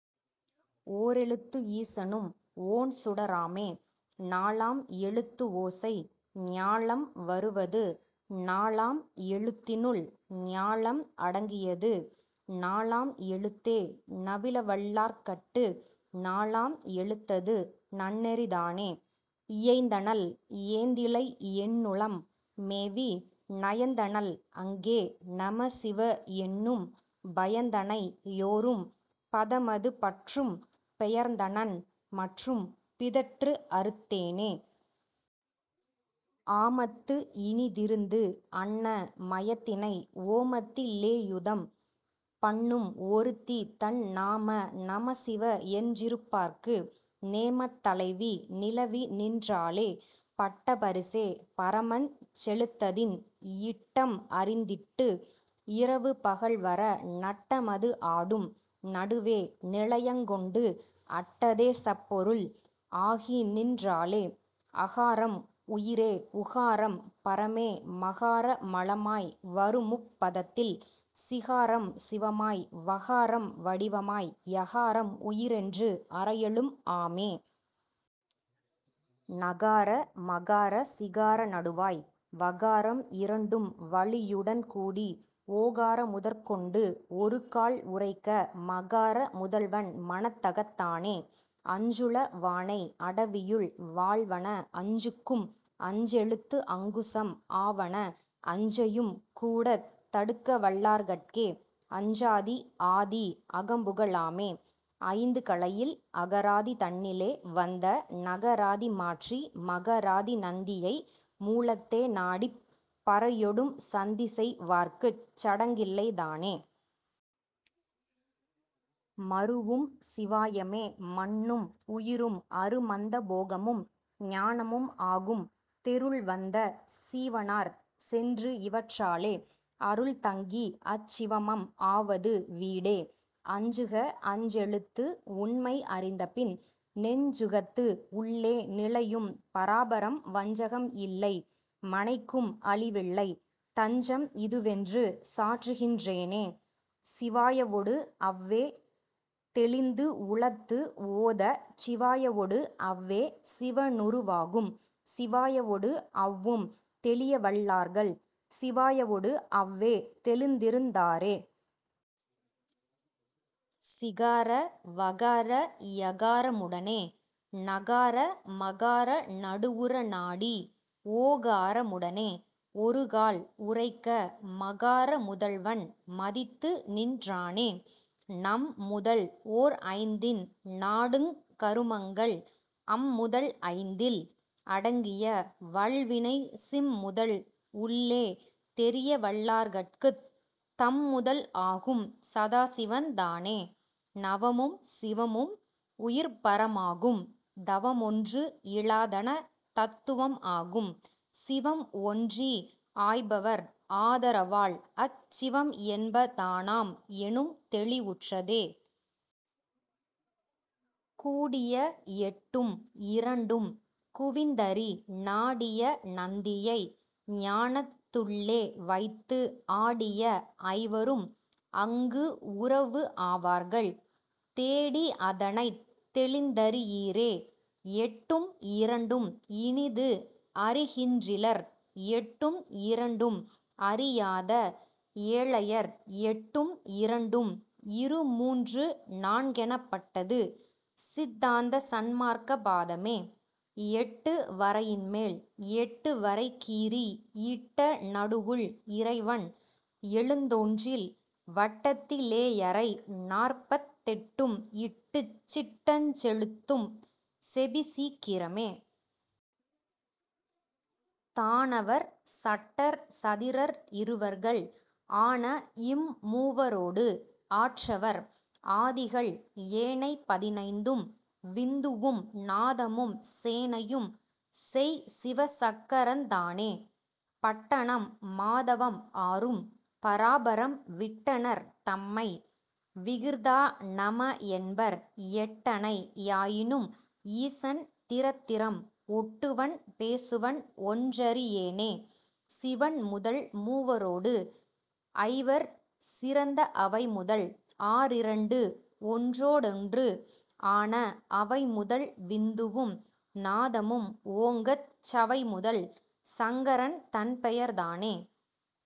ஓரெழுத்து ஈசனும் ஓண்சுட ராமே. நாலாம் எழுத்துஓசை ஞாலம் உருவது நாலாம் எழுத்தினுள் ஞாலம் அடங்கியது நாலாம் எழுத்தே நவிலவல் லார்கட்டு நாலாம் எழுத்தது நன்னெறி தானே. இயைந்தனள் ஏந்திழை என்னுளம் மேவி நயந்தனள் அங்கே நமசிவ என்னும் பயந்தனை யோரும் பதமது பற்றும் பெயர்ந்தனன் மற்றும் பிதற்றுஅறுத் தேனே. ஆமத்து இனிதிருந்து அன்ன மயத்தினை ஓமத்தி லேயுதம் பண்ணும் ஒருத்திதன் நாம நமசிவ என்றிருப் பாருக்கு நேமத் தலைவி நிலவிநின் றாளே. பட்ட பரிசே பரமஞ் செழுத்ததின் இட்டம் அறிந்திட்டு இரவு பகல்வர நட்டமது ஆடும் நடுவே நிலையங்கொண்டு அட்டதே சப்பொருள் ஆகிநின் றாளே. அகாரம் உயிரே உகாரம் பரமே மகார மலமாய் வருமுப் பதத்தில் சிகாரம் சிவமாய் வகாரம் வடிவமாய் யகாரம் உயிரென்று அறையலும் ஆமே. நகார மகார சிகார நடுவாய் வகாரம் இரண்டும் வளியுடன் கூடி ஓகார முதற்கொண்டு ஒருக்கால் உரைக்க மகார முதல்வன் மனத்தகத் தானே. அஞ்சுள வானை அடவியுள் வாழ்வன அஞ்சுக்கும் அஞ்செழுத்து அங்குசம் ஆவன அஞ்சையும் கூடத் தடுக்கவல் லார்கட்கே அஞ்சாதி ஆதி அகம்புக லாமே. ஐந்து கலையில் அகராதி தன்னிலே வந்த நகராதி மாற்றி மகராதி நந்தியை மூலத்தே நாடிப் பரையொடும் சந்திசெய் வார்க்குச் சடங்கில்லை தானே. மருவும் சிவாயமே மன்னும் உயிரும் அருமந்த போகமும் ஞானமும் ஆகும் தெருள்வந்த சீவனார் சென்றுஇவற் றாலே அருள்தங்கி அச்சிவமம் ஆவது வீடே. அஞ்சுக அஞ்செழுத்து உண்மை அறிந்தபின் நெஞ்சுகத்து உள்ளே நிலையும் பராபரம் வஞ்சகம் இல்லை மனைக்கும் அழிவில்லை தஞ்சம் இதுவென்று சாற்றுகின் றேனே. சிவாயவொடு அவ்வே தெளிந்துஉளத்து ஓதச் சிவாயவொடு அவ்வே சிவனுரு வாகும் சிவாயவொடு அவ்வும் தெளியவல் லார்கள் சிவாயவொடு அவ்வே தெளிந்திருந் தாரே. சிகார வகார யகார முடனே நகார மகார நடுவுற நாடி ஓகார முடனே ஒருகால் உரைக்க மகார முதல்வன் மதித்துநின் றானே. நம்முதல் ஓர்ஐந்தின் நாடுங் கருமங்கள் அம்முதல் ஐந்தில் அடங்கிய வல்வினை சிம்முதல் உள்ளே தெளியவல் லார்கட்குத் தம்முதல் ஆகும் சதாசிவந் தானே. நவமும் சிவமும் உயிர்பர மாகும் தவமொன்று இலாதன தத்துவம் ஆகும் சிவம்ஒன்றி ஆய்பவர்ஆதர வால்அச் சிவம்என்ப தானாம் எனும்தெளி வுற்றதே.. கூடிய எட்டும் இரண்டும் குவிந்தறி நாடிய நந்தியை ஞானத்துள் ளேவைத்து ஆடிய ஐவரும் அங்குஉறவு ஆவார்கள் தேடி அதனைத் தெளிந்தறி யீரே. எட்டும் இரண்டும் இனிதுஅறி கின்றிலர் எட்டும் இரண்டும் அறியாத ஏழையர் எட்டும் இரண்டும் இருமூன்று நான்கெனப் பட்டது சித்தாந்த சன்மார்க்க பாதமே.. எட்டு வரையின்மேல் எட்டு வரைகீறி இட்ட நடுவுள் இறைவன் எழுத்தொன்றில் வட்டத்தி லேயறை நாற்பத்தெட் டும்இட்டுச் சிட்டஞ் செழுத்தும் செபிசீக் கிரமே. தானவர் சட்டர் சதிரர் இருவர்கள் ஆனஇம் மூவரோடு ஆற்றவர் ஆதிகள் ஏனைப் பதினைந்தும் விந்துவும் நாதமும் சேனையும் செய்சிவ சக்கரந் தானே. பட்டனம் மாதவம் ஆறும் பராபரம் விட்டனர் தம்மை விகிர்தா நமஎன்பர் எட்டனை யாயினும் ஈசன் திறத்திறம் ஒட்டுவன் பேசுவன் ஒன்றறி யேனே சிவன்முதல் மூவரோடு ஐவர் சிறந்த அவைமுதல் ஆறிரண்டு ஒன்றொடுஒன்று ஆன அவைமுதல் விந்துவும் நாதமும் ஓங்கச் சவைமுதல் சங்கரன் தன்பெயர் தானே.